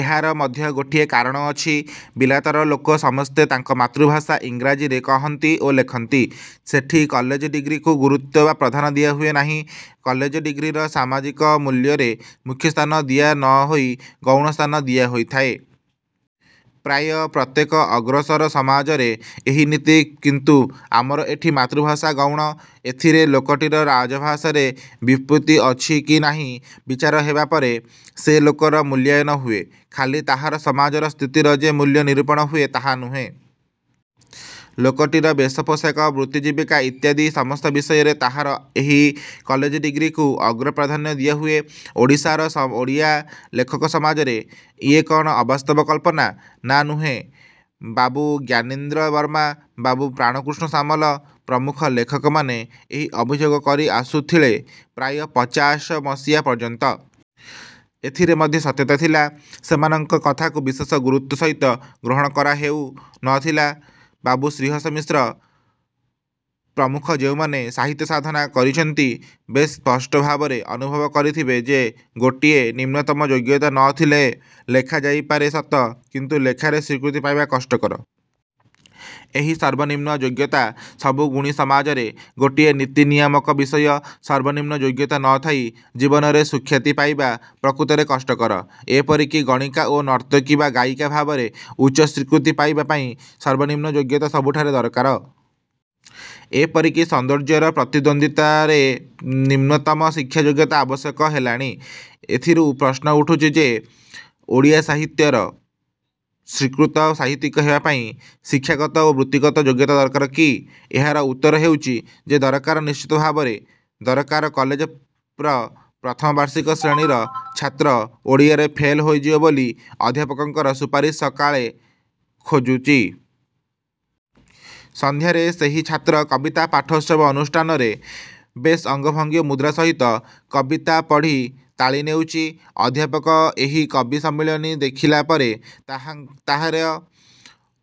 ଏହାର ମଧ୍ୟ ଗୋଟିଏ କାରଣ ଅଛି। ବିଲାତର ଲୋକ ସମସ୍ତେ ତାଙ୍କର ମାତୃଭାଷା ଇଂରାଜିରେ କହନ୍ତି ଓ ଲେଖନ୍ତି। ସେଠି କଲେଜ ଡିଗ୍ରୀକୁ ଗୁରୁତ୍ୱ ବା ପ୍ରାଧାନ୍ୟ ଦିଆ ହୁଏ ନାହିଁ। କଲେଜ ଡିଗ୍ରୀର ସାମାଜିକ ମୂଲ୍ୟରେ ମୁଖ୍ୟସ୍ଥାନ ଦିଆ ନ ହୋଇ ଗୌଣ ସ୍ଥାନ ଦିଆ ହୋଇଥାଏ। ପ୍ରାୟ ପ୍ରତ୍ୟେକ ଅଗ୍ରସର ସମାଜରେ ଏହି ନୀତି। କିନ୍ତୁ ଆମର ଏଠି ମାତୃଭାଷା ଗୌଣ। ଏଥିରେ ଲୋକଟିର ରାଜଭାଷାରେ ବ୍ୟୁତ୍ପତ୍ତି ଅଛି କି ନାହିଁ-ବିଚାର ହେବାପରେ ସେ ଲୋକର ମୂଲ୍ୟାୟନ ହୁଏ। ଖାଲି ତାହାର ସମାଜର ସ୍ଥିତିର ଯେ ମୂଲ୍ୟ ନିରୂପଣ ହୁଏ ତାହା ନୁହେଁ। ଲୋକଟିର ବେଶପୋଷାକ ବୃତ୍ତିଜୀବିକା ଇତ୍ୟାଦି ସମସ୍ତ ବିଷୟରେ ତାହାର ଏହି କଲେଜ ଡିଗ୍ରୀକୁ ଅଗ୍ର-ପ୍ରାଧାନ୍ୟ ଦିଆହୁଏ। ଓଡ଼ିଶାର ଓଡ଼ିଆ ଲେଖକ ସମାଜରେ ଇଏ କ'ଣ ଅବାସ୍ତବ କଳ୍ପନା? -ନା। ନୁହେଁ। ବାବୁ ଜ୍ଞାନୀନ୍ଦ୍ର ବର୍ମା, ବାବୁ ପ୍ରାଣକୃଷ୍ଣ ସାମଲ ପ୍ରମୁଖ ଲେଖକମାନେ ଏହି ଅଭିଯୋଗ କରି ଆସୁଥିଳେ ପ୍ରାୟ ପଚାଶ ମସିହା ପର୍ଯ୍ୟନ୍ତ। ଏଥିରେ ମଧ୍ୟ ସତ୍ୟତା ଥିଲା। ସେମାଙ୍କର କଥାକୁ ବିଶେଷ ଗୁରୁତ୍ୱ ସହିତ ଗ୍ରହଣ କରା ହେଉ ନ ଥିଲା। ବାବୁ ଶ୍ରୀହର୍ଷ ମିଶ୍ର ପ୍ରମୁଖ ଯେଉଁମାନେ ସାହିତ୍ୟ ସାଧନା କରିଛନ୍ତି ବେଶ୍ ସ୍ପଷ୍ଟ ଭାବରେ ଅନୁଭବ କରିଥିବେ ଯେ ଗୋଟିଏ ନିମ୍ନତମ ଯୋଗ୍ୟତା ନ ଥିଲେ ଲେଖା ଯାଇପାରେ ସତ କିନ୍ତୁ ଲେଖାରେ ସ୍ୱୀକୃତି ପାଇବା କଷ୍ଟକର। ଏହି ସର୍ବନିମ୍ନ ଯୋଗ୍ୟତା ସବୁ ଗୁଣୀ ସମାଜରେ ଗୋଟିଏ ନୀତିନିୟାମକ ବିଷୟ। ସର୍ବ-ନିମ୍ନ ଯୋଗ୍ୟତା ନ ଥାଇ ଜୀବନରେ ସୁଖ୍ୟାତି ପାଇବା ପ୍ରକୃତରେ କଷ୍ଟକର। ଏପରି କି ଗଣିକା ଓ ନର୍ତ୍ତକୀ ବା ଗାୟିକା ଭାବରେ ଉଚ୍ଚ ସ୍ୱୀକୃତି ପାଇବା ପାଇଁ ସର୍ବନିମ୍ନ ଯୋଗ୍ୟତା ସବୁଠାରେ ଦରକାର। ଏପରିକି ସୌନ୍ଦର୍ଯ୍ୟର ପ୍ରତିଦ୍ୱନ୍ଦ୍ୱିତାରେ ନିମ୍ନତମ ଶିକ୍ଷା ଯୋଗ୍ୟତା ଆବଶ୍ୟକ ହେଲାଣି। ଏଥିରୁ ପ୍ରଶ୍ନ ଉଠୁଛି ଯେ ଓଡ଼ିଆ ସାହିତ୍ୟର ସ୍ୱୀକୃତ ସାହିତ୍ୟିକ ହେବାପାଇଁ ଶିକ୍ଷାଗତ ଓ ବୃତ୍ତିଗତ ଯୋଗ୍ୟତା ଦରକାର କି? ଏହାର ଉତ୍ତର ହେଉଛି ଯେ ଦରକାର। ନିଶ୍ଚିତ ଭାବରେ ଦରକାର। କଲେଜର ପ୍ରଥମ ବାର୍ଷିକ ଶ୍ରେଣୀର ଛାତ୍ର ଓଡ଼ିଆରେ ଫେଲ ହୋଇଯିବ ବୋଲି ଅଧ୍ୟାପକଙ୍କର ସୁପାରିସ ସକାଳେ ଖୋଜୁଛି। ସନ୍ଧ୍ୟାରେ ସେହି ଛାତ୍ର କବିତା ପାଠୋତ୍ସବ ଅନୁଷ୍ଠାନରେ ବେଶ୍ ଅଙ୍ଗଭଙ୍ଗୀ ଓ ମୁଦ୍ରା ସହିତ କବିତା ପଢ଼ି ତାଳି ନେଉଛି। ଅଧ୍ୟାପକ ଏହି କବି ସମ୍ମିଳନୀ ଦେଖିଲା ପରେ ତାହାର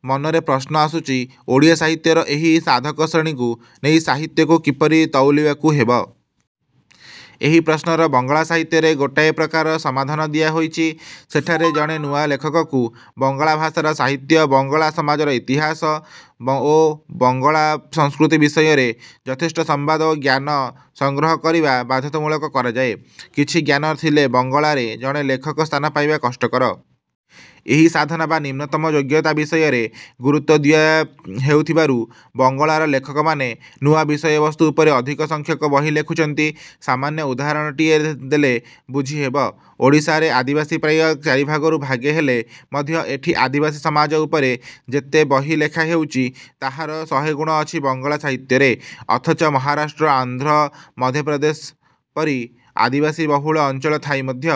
ମନରେ ପ୍ରଶ୍ନ ଆସୁଛି-ଓଡ଼ିଆ ସାହିତ୍ୟର ଏହି ସାଧକଶ୍ରେଣୀଙ୍କୁ ନେଇ ସାହିତ୍ୟକୁ କିପରି ତଉଲିବାକୁ ହେବ? ଏହି ପ୍ରଶ୍ନର ବଙ୍ଗଳା ସାହିତ୍ୟରେ ଗୋଟାଏ ପ୍ରକାରର ସମାଧାନ ଦିଆ ହୋଇଛି। ସେଠାରେ ଜଣେ ନୂଆ ଲେଖକକୁ ବଙ୍ଗଳା ଭାଷାର ସାହିତ୍ୟ, ବଙ୍ଗଳା ସମାଜର ଇତିହାସ ଓ ବଙ୍ଗଳା ସଂସ୍କୃତି ବିଷୟରେ ଯଥେଷ୍ଟ ସମ୍ବାଦ ଓ ଜ୍ଞାନ ସଂଗ୍ରହ କରିବା ବାଧ୍ୟତାମୂଳକ କରାଯାଏ। କିଛି ଜ୍ଞାନ ନ ଥିଲେ ବଙ୍ଗଳାରେ ଜଣେ ଲେଖକ ସ୍ଥାନ ପାଇବା କଷ୍ଟକର। ଏହି ସାଧନା ବା। ନିମ୍ନତମ ଯୋଗ୍ୟତା ବିଷୟରେ ଗୁରୁତ୍ୱ ଦିଆ ହେଉଥିବାରୁ ବଙ୍ଗଳାର ଲେଖକମାନେ ନୂଆ ବିଷୟବସ୍ତୁ ଉପରେ ଅଧିକ ସଂଖ୍ୟକ ବହି ଲେଖୁଛନ୍ତି! ସାମାନ୍ୟ ଉଦାହରଣଟିଏ ଦେଲେ ବୁଝିହବ। ଓଡ଼ିଶାରେ ଆଦିବାସୀ ପ୍ରାୟ ଚାରିଭାଗରୁ ଭାଗେ ହେଲେ ମଧ୍ୟ ଏଠି ଆଦିବାସୀ ସମାଜ ଉପରେ ଯେତେ ବହି ଲେଖା ହେଉଛି ତାହାର ଶହେଗୁଣ ଅଛି ବଙ୍ଗଳା ସାହିତ୍ୟରେ। ଅଥଚ ମହାରାଷ୍ଟ୍ର, ଆନ୍ଧ୍ର, ମଧ୍ୟପ୍ରଦେଶ ପରି ଆଦିବାସୀବହୁଳ ଅଞ୍ଚଳ ଥାଇ ମଧ୍ୟ